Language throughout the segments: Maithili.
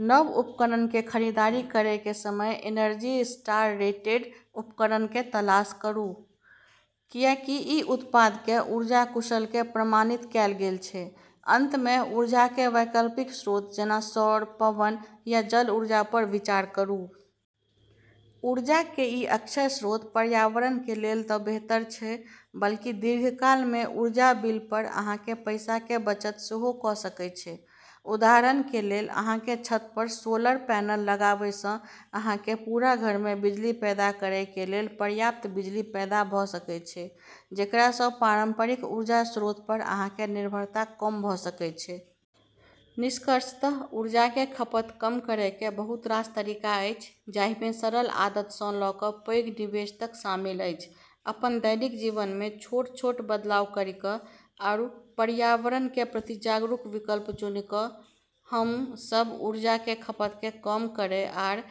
नव उपकरण के खरीदारी करय के समय एनर्जी स्टार रेटेड उपकरण के तलाश करू, कियाकि ई उत्पाद के ऊर्जा कुशल के प्रमाणित कैल गेल छै। अंत मे ऊर्जा के वैकल्पिक स्रोत जेना सौर, पवन या जल ऊर्जा पर विचार करू। ऊर्जा के ई अक्षय स्रोत पर्यावरण के लेल तऽ बेहतर छै, बल्कि दीर्घकाल मे ऊर्जा बिल पर अहाँ के पैसा के बचत सेहो कऽ सकय छै। उदाहरण के लेल, अहाँ के छत पर सोलर पैनल लगावय सँ अहाँ के पूरा घर के बिजली पैदा करय के लेल पर्याप्त बिजली पैदा भऽ सकय छै, जेकरा सँ पारंपरिक ऊर्जा स्रोत पर अहाँ के निर्भरता कम भऽ सकय छै। निष्कर्षतः ऊर्जा के खपत कम करय के बहुत रास तरीका अछि, जाहि मे सरल आदत सँ लऽ कऽ पैघ निवेश तक शामिल अछि। अपन दैनिक जीवन मे छोट-छोट बदलाव करी कऽ, आरू पर्यावरण के प्रति जागरूक विकल्प चुनी कऽ, हम्मं सब ऊर्जा के खपत के कम करै आरू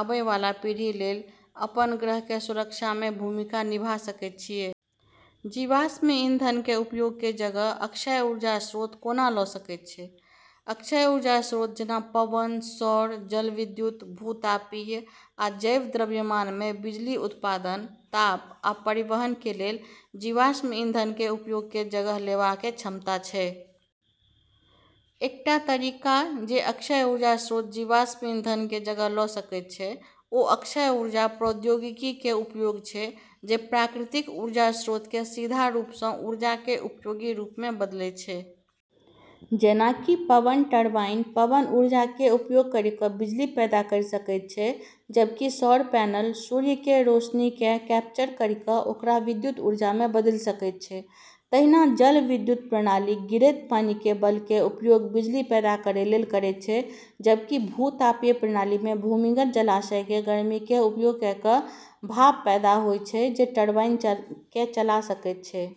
आबै वाला पीढ़ी लेली अपन ग्रह के सुरक्षा मे भूमिका निभा सकै छियै। जीवाश्म ईंधन के उपयोग के जगह अक्षय ऊर्जा स्रोत कोना लऽ सकय छै? अक्षय ऊर्जा स्रोत जेना पवन, सौर, जलविद्युत, भू-तापीय, आ जैव द्रव्यमान मे बिजली उत्पादन, ताप, आ परिवहन के लेल जीवाश्म ईंधन के उपयोग के जगह लेवा के क्षमता छै। एकटा तरीका जे अक्षय ऊर्जा स्रोत जीवाश्म ईंधन के जगह लऽ सकय छै, ओ अक्षय ऊर्जा प्रौद्योगिकी के उपयोग छै जे प्राकृतिक ऊर्जा स्रोत के सीधा रूप सँ ऊर्जा के उपयोगी रूप मे बदलै छै। जेना कि पवन टरबाइन पवन ऊर्जा के उपयोग करी कऽ बिजली पैदा करी सकै छै, जबकि सौर पैनल सूर्य के रोशनी के कैप्चर करी कऽ ओकरा विद्युत ऊर्जा मे बदली सकै छै। तहिना जलविद्युत प्रणाली गिरैत पानि के बल के उपयोग बिजली पैदा करै लेली करै छै, जबकि भू-तापीय प्रणाली मे भूमिगत जलाशय के गर्मी के उपयोग कए कऽ भाप पैदा होय छै जे टरबाइन के चला सकै छै।